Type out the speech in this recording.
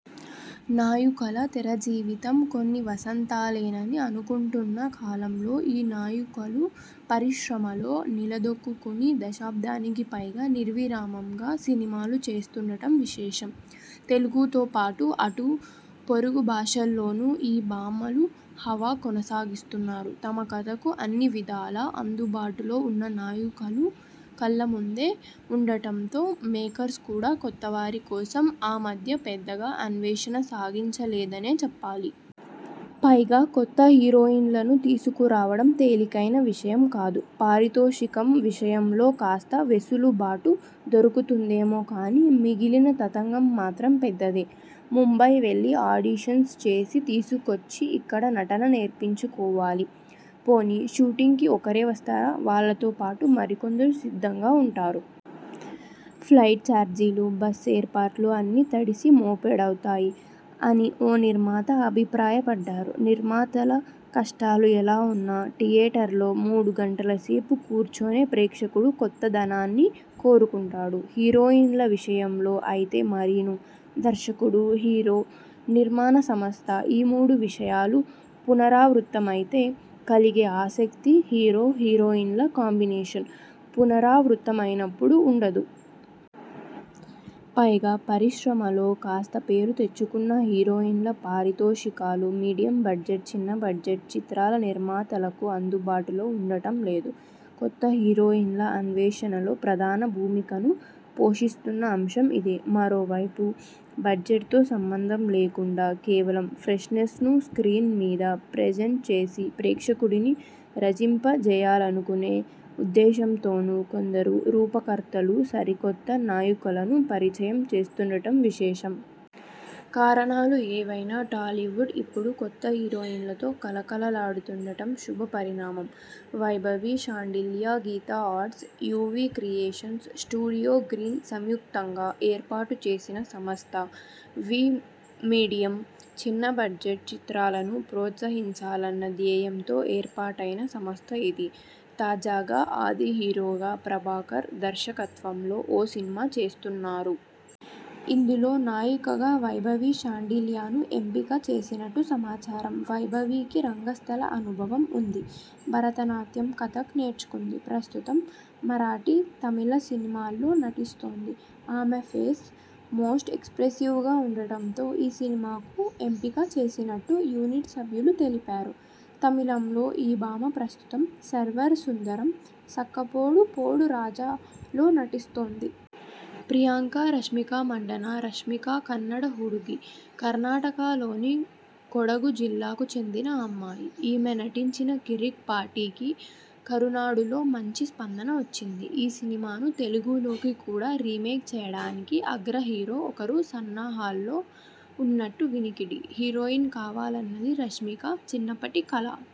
నాయికల తెరజీవితం కొన్ని వసంతాలేనని అనుకుంటున్న కాలంలో ఈ నాయికలు పరిశ్రమలో నిలదొక్కుకుని దశాబ్దానికి పైగా నిర్విరామంగా సినిమాలు చేస్తుండటం విశేషం. తెలుగుతో పాటు అటు పొరుగు భాషల్లోనూ ఈ భామలు హవా కొనసాగిస్తున్నారు. తమ కథకు అన్ని విధాలా అందుబాటులో ఉన్న నాయికలు కళ్ల ముందే ఉండటంతో మేకర్స్ కూడా కొత్తవారి కోసం ఆ మధ్య పెద్దగా అన్వేషణ సాగించలేదనే చెప్పాలి. పైగా, కొత్త హీరోయిన్లను తీసుకురావడం తేలికైన విషయంకాదు. పారితోషికం విషయంలో కాస్త వెసులుబాటు దొరుకుతుందేమో కానీ మిగిలిన తతంగం మాత్రం పెద్దదే. ''ముంబై వెళ్లి ఆడిషన్స్ చేసి తీసుకొచ్చి ఇక్కడ నటన నేర్పించుకోవాలి. పోనీ షూటింగ్కి ఒక్కరే వస్తారా? వాళ్లతో పాటు మరికొందరు సిద్ధంగా ఉంటారు. ఫ్లైట్ చార్జీలు, బస ఏర్పాట్లు అన్నీ తడిసి మోపెడవుతాయి'' అని ఓ నిర్మాత అభిప్రాయపడ్డారు. నిర్మాతల కష్టాలు ఎలా ఉన్నా థియేటర్లో మూడు గంటల సేపు కూర్చునే ప్రేక్షకుడు కొత్తదనాన్ని కోరుకుంటాడు. హీరోయిన్ల విషయంలో అయితే మరీనూ. దర్శకుడు-హీరో-నిర్మాణ సంస్థ ఈ మూడు విషయాలు పునరావృతమైతే కలిగే ఆసక్తి హీరో-హీరోయిన్ల కాంబినేషన్ పునరావృతమైనప్పుడు ఉండదు.. పైగా పరిశ్రమలో కాస్త పేరు తెచ్చుకున్న హీరోయిన్ల పారితోషికాలు, మీడియమ్ బడ్జెట్, చిన్న బడ్జెట్ చిత్రాల నిర్మాతలకు అందుబాటులో ఉండటం లేదు. కొత్త హీరోయిన్ల అన్వేషణలో ప్రధాన భూమికను పోషిస్తున్న అంశం ఇదే! మరోవైపు బడ్జెట్తో సంబంధం లేకుండా, కేవలం ఫ్రెష్నెస్ను స్ర్కీన్ మీద ప్రెజంట్ చేసి, ప్రేక్షకుడిని రంజింపజేయాలనుకునే ఉద్దేశంతోనూ కొందరు రూపకర్తలు సరికొత్త నాయికలను పరిచయం చేస్తుండటం విశేషం. కారణాలు ఏవైనా టాలీవుడ్ ఇప్పుడు కొత్త హీరోయిన్లతో కళకళలాడుతుండటం శుభపరిణామం. Vaibhavi Sandilya Geetha arts, UV creations, studio green సంయుక్తంగా ఏర్పాటు చేసిన సంస్థ వీ. మీడియమ్, చిన్న బడ్జెట్ చిత్రాలను ప్రోత్సహించాలన్న ధ్యేయంతో ఏర్పాటైన సంస్థ ఇది. తాజాగా ఆది హీరోగా ప్రభాకర్ దర్శకత్వంలో ఓ సినిమా చేస్తున్నారు. ఇందులో నాయికగా వైభవి శాండిల్యను ఎంపిక చేసినట్టు సమాచారం. వైభవికి రంగస్థల అనుభవం ఉంది. భరతనాట్యం, కథక్ నేర్చుకుంది. ప్రస్తుతం మరాఠీ, తమిళ సినిమాల్లో నటిస్తోంది. ఆమె ఫేస్ మోస్ట్ ఎక్స్ప్రెసివ్గా ఉండటంతో ఈ సినిమాకు ఎంపిక చేసినట్టు యూనిట్ సభ్యులు తెలిపారు. తమిళంలో ఈ భామ ప్రస్తుతం 'సర్వర్ సుందరం', 'సక్కపోడు పోడు రాజా'లో నటిస్తోంది. ప్రియాంక రష్మికా మండన్న రష్మిక కన్నడ హుడుగి. కర్ణాటకలోని కొడగు జిల్లాకు చెందిన అమ్మాయి. ఈమె నటించిన 'కిరిక్ పార్టీ'కి కరునాడులో మంచి స్పందన వచ్చింది. ఈ సినిమాను తెలుగులోకి కూడా రీమేక్ చేయడానికి అగ్రహీరో ఒకరు సన్నాహాల్లో ఉన్నట్టు వినికిడి. హీరోయిన్ కావాలన్నది రష్మిక చిన్నప్పటి కల.